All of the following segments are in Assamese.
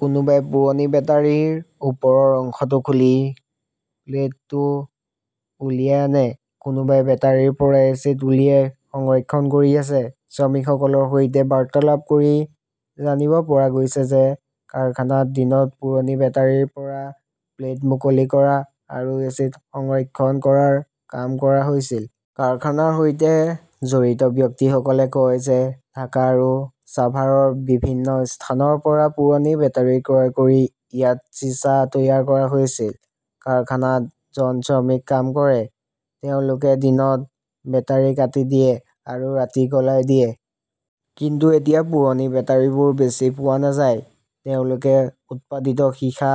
কোনোবাই পুৰণি বেটাৰীৰ ওপৰৰ অংশটো খুলি প্লেটটো উলিয়াই আনে। কোনোবাই বেটাৰিৰ পৰা এচিড উলিয়াই সংৰক্ষণ কৰি আছে। শ্ৰমিকসকলৰ সৈতে বাৰ্তালাপ কৰি জানিব পৰা গৈছে যে, কাৰখানাত দিনত পুৰণি বেটাৰিৰ পৰা প্লেট মুকলি কৰা আৰু এচিড সংৰক্ষণ কৰাৰ কাম কৰা হৈছিল। কাৰখানাৰ সৈতে জড়িত ব্যক্তিসকলে কয় যে ঢাকা আৰু ছাভাৰৰ বিভিন্ন স্থানৰ পৰা পুৰণি বেটাৰী ক্ৰয় কৰি ইয়াত চিছা তৈয়াৰ কৰা হৈছিল। কাৰখানাত জন শ্ৰমিক কাম কৰে। তেওঁলোকে দিনত বেটাৰি কাটি দিয়ে আৰু ৰাতি গলাই দিয়ে। কিন্তু এতিয়া পুৰণি বেটাৰিবোৰ বেছি পোৱা নাযায়। তেওঁলোকে উৎপাদিত সীসা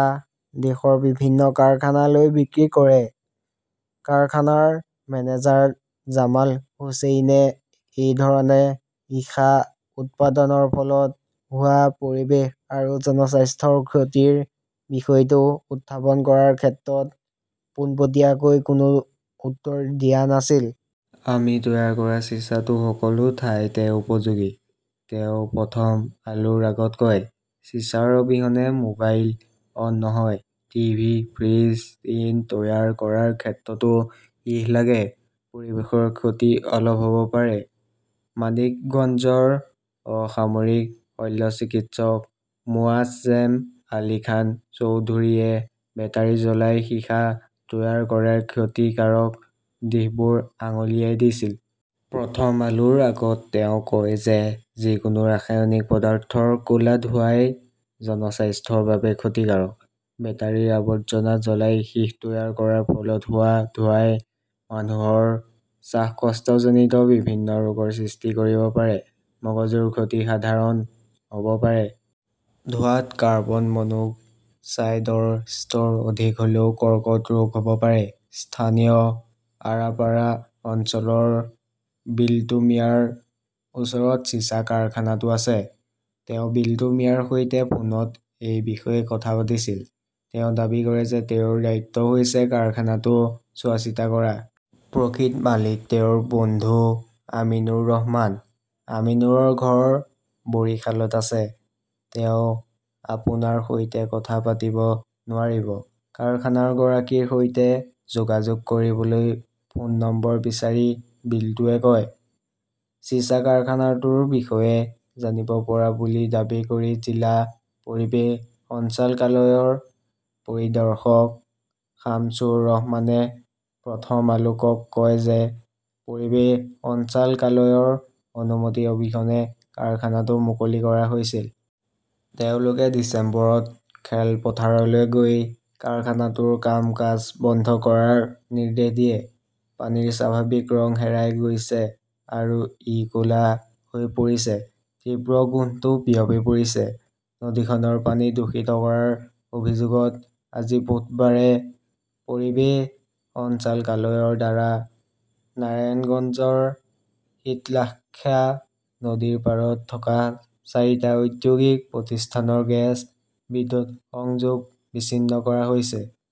দেশৰ বিভিন্ন কাৰখানালৈ বিক্ৰী কৰে। কাৰখানাৰ মেনেজাৰ জামাল হুচেইনে এই ধৰণে সীসা উৎপাদনৰ ফলত হোৱা পৰিৱেশ আৰু জনস্বাস্থ্যৰ ক্ষতিৰ বিষয়টো উত্থাপন কৰাৰ ক্ষেত্ৰত পোনপটীয়াকৈ কোনো উত্তৰ দিয়া নাছিল। "আমি তৈয়াৰ কৰা চিছাটো সকলো ঠাইতে উপযোগী", তেওঁ প্ৰথম আলোৰ আগত কয়। চিছাৰ অবিহনে মোবাইল অন নহয়। টিভি, ফ্ৰিজ, টিন তৈয়াৰ কৰাৰ ক্ষেত্ৰতো সীহ লাগে। পৰিৱেশৰ ক্ষতি অলপ হ'ব পাৰে। মানিকগঞ্জৰ অসামৰিক শল্যচিকিৎসক মোৱাজজেম আলী খান চৌধুৰীয়ে বেটাৰি জ্বলাই সীসা তৈয়াৰ কৰাৰ ক্ষতিকাৰক দিশবোৰ আঙুলিয়াই দিছিল। প্ৰথম আলোৰ আগত তেওঁ কয় যে, যিকোনো ৰাসায়নিক পদাৰ্থৰ ক 'লা ধোঁৱাই জনস্বাস্থ্যৰ বাবে ক্ষতিকাৰক। বেটাৰীৰ আৱৰ্জনা জ্বলাই সীহ তৈয়াৰ কৰাৰ ফলত হোৱা ধোঁৱাই মানুহৰ শ্বাসকষ্টজনিত বিভিন্ন ৰোগৰ সৃষ্টি কৰিব পাৰে। মগজুৰ ক্ষতি সাধাৰণ হ'ব পাৰে। ধোঁৱাত কাৰ্বন-মনোক্সাইডৰ স্তৰ অধিক হ'লেও কৰ্কট ৰোগ হ'ব পাৰে। স্থানীয় আৰাপাড়া অঞ্চলৰ বিল্টু মিয়াৰ ওচৰত চিছা কাৰখানাটো আছে। তেওঁ বিল্টু মিয়াৰ সৈতে ফোনত এই বিষয়ে কথা পাতিছিল। তেওঁ দাবী কৰে যে তেওঁৰ দায়িত্ব হৈছে কাৰখানাটো চোৱাচিতা কৰা। প্ৰকৃত মালিক তেওঁৰ বন্ধু আমিনুৰ ৰহমান। আমিনুৰৰ ঘৰ বৰিশালত আছে। তেওঁ আপোনাৰ সৈতে কথা পাতিব নোৱাৰিব, কাৰখানাৰ গৰাকীৰ সৈতে যোগাযোগ কৰিবলৈ ফোন নম্বৰ বিচাৰি বিল্টুৱে কয়। চিছা কাৰখানাটোৰ বিষয়ে জানিব পৰা বুলি দাবী কৰি জিলা পৰিৱেশ সঞ্চালকালয়ৰ পৰিদৰ্শক শামছুৰ ৰহমানে প্ৰথম আলোকক কয় যে, পৰিৱেশ সঞ্চালকালয়ৰ অনুমতি অবিহনে কাৰখানাটো মুকলি কৰা হৈছিল। তেওঁলোকে ডিচেম্বৰত খেলপথাৰলৈ গৈ কাৰখানাটোৰ কাম-কাজ বন্ধ কৰাৰ নিৰ্দেশ দিয়ে। পানীৰ স্বাভাৱিক ৰং হেৰাই গৈছে আৰু ই ক 'লা হৈ পৰিছে। তীব্ৰ গোন্ধটো বিয়পি পৰিছে। নদীখনৰ পানী দূষিত কৰাৰ অভিযোগত আজি বুধবাৰে পৰিৱেশ সঞ্চালকালয়ৰ দ্বাৰা নাৰায়ণগঞ্জৰ শীতলাক্ষ্যা নদীৰ পাৰত থকা চাৰিটা ঔদ্যোগিক প্ৰতিষ্ঠানৰ গেছ, বিদ্যুৎ সংযোগ বিচ্ছিন্ন কৰা হৈছে।